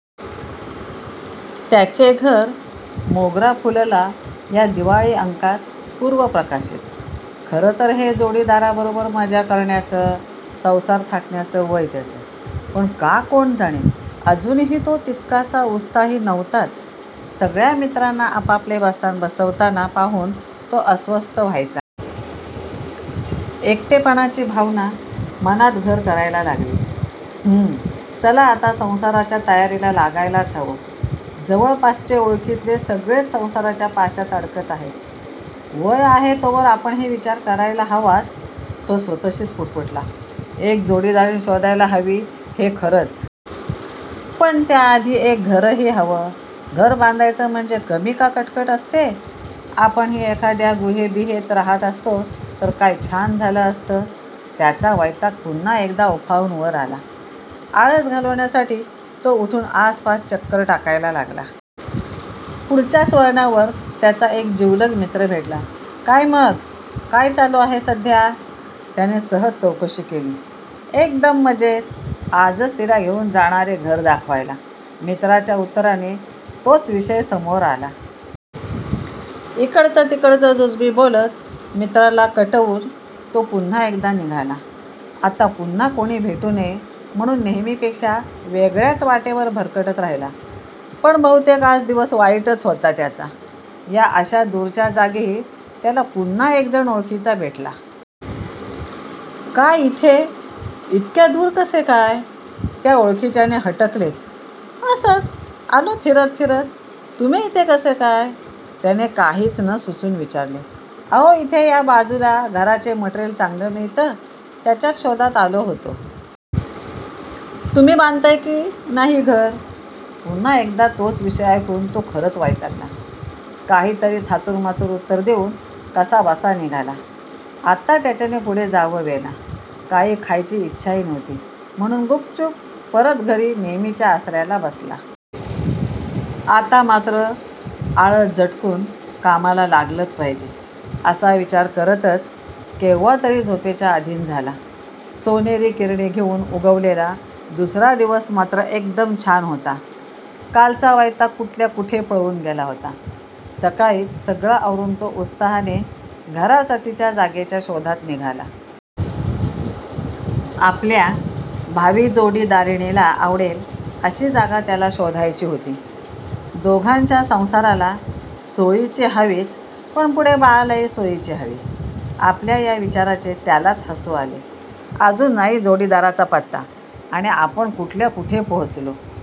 त्याचे घर 'मोगरा फुलला' च्या दिवाळी अंकात पूर्व प्रकाशित. खरंतर हे जोडीदाराबरोबर मजा करण्याचं, संसार थाटण्याच वय त्याचं. पण का कोण जाणे, अजूनही तो तितकासा उत्साही नव्हताच. सगळ्या मित्रांना आपापले बस्तान बसवताना पाहून तो अस्वस्थ व्हायचा. एकटेपणाची भावना मनात घर करायला लागली. "हम्म, चला आता संसाराच्या तयारीला लागायलाच हवं." जवळपासचे ओळखीतले सगळेच संसाराच्या पाशात अडकत आहेत. वय आहे तोवर आपणही विचार करायला हवाच. " तो स्वत:शीच पुटपुटला." एक जोडीदारीण शोधायला हवी हे खरंच. पण त्या आधी एक घरही हवं. घर बांधायचं म्हणजे कमी का कटकट असते? आपणही एखाद्या गुहेबिहेत रहात असतो तर काय छान झालं असतं. " त्याचा वैताग पुन्हा एकदा उफाळून वर आला. आळस घालवण्यासाठी तो उठून आसपास चक्कर टाकायला लागला." पुढच्याच वळणावर त्याचा एक जिवलग मित्र भेटला. "काय मग? काय चालू आहे सध्या?" त्याने सहज चौकशी केली. "एकदम मजेत. आजच तिला घेऊन जाणारे घर दाखवायला!" मित्राच्या उत्तराने तोच विषय समोर आला. इकडचं तिकडचं जुजबी बोलत मित्राला कटवून तो पुन्हा एकदा निघाला. आता पुन्हा कोणी भेटू नये म्हणून नेहेमीपेक्षा वेगळ्याच वाटेवर भरकटत राहिला. पण बहुतेक आज दिवस वाईटच होता त्याचा. या अशा दूरच्या जागीही त्याला पुन्हा एक जण ओळखीचा भेटला. "काय इथे इतक्या दूर कसे काय?" त्या ओळखीच्याने हटकलेच. "असंच, आलो फिरत फिरत. तुम्ही इथे कसे काय?" त्याने काहीच नं सुचून विचारले. "अहो इथे या बाजूला घराचे मटेरियल चांगलं मिळतं." त्याच्याच शोधात आलो होतो. तुम्ही बांधताय कि नाही घर? " पुन्हा एकदा तोच विषय ऐकून तो खरंच वैतागला. काहीतरी थातूरमातूर उत्तर देऊन कसाबसा निघाला. आता त्याच्याने पुढे जाववेना. काही खायची इच्छाही नव्हती म्हणून गुपचूप परत घरी नेहेमीच्या आसऱ्याला बसला. 'आता उद्या मात्र आळस झटकून कामाला लागलंच पाहिजे' असा विचार करतच केव्हातरी झोपेच्या आधीन झाला. सोनेरी किरणे घेऊन उगवलेला दुसरा दिवस मात्र एकदम छान होता. कालचा वैताग कुठल्या कुठे पळून गेला होता. सकाळीच सगळं आवरून तो उत्साहाने घरासाठीच्या जागेच्या शोधात निघाला. आपल्या भावी जोडीदारिणीला आवडेल अशी जागा त्याला शोधायची होती. 'दोघांच्या संसाराला सोयीची हवीच पण पुढे बाळालाही सोयीची हवी.' आपल्या या विचाराचे त्यालाच हसु आले. 'अजून नाही जोडीदाराचा पत्ता आणि आपण कुठल्या कुठे पोहचलो.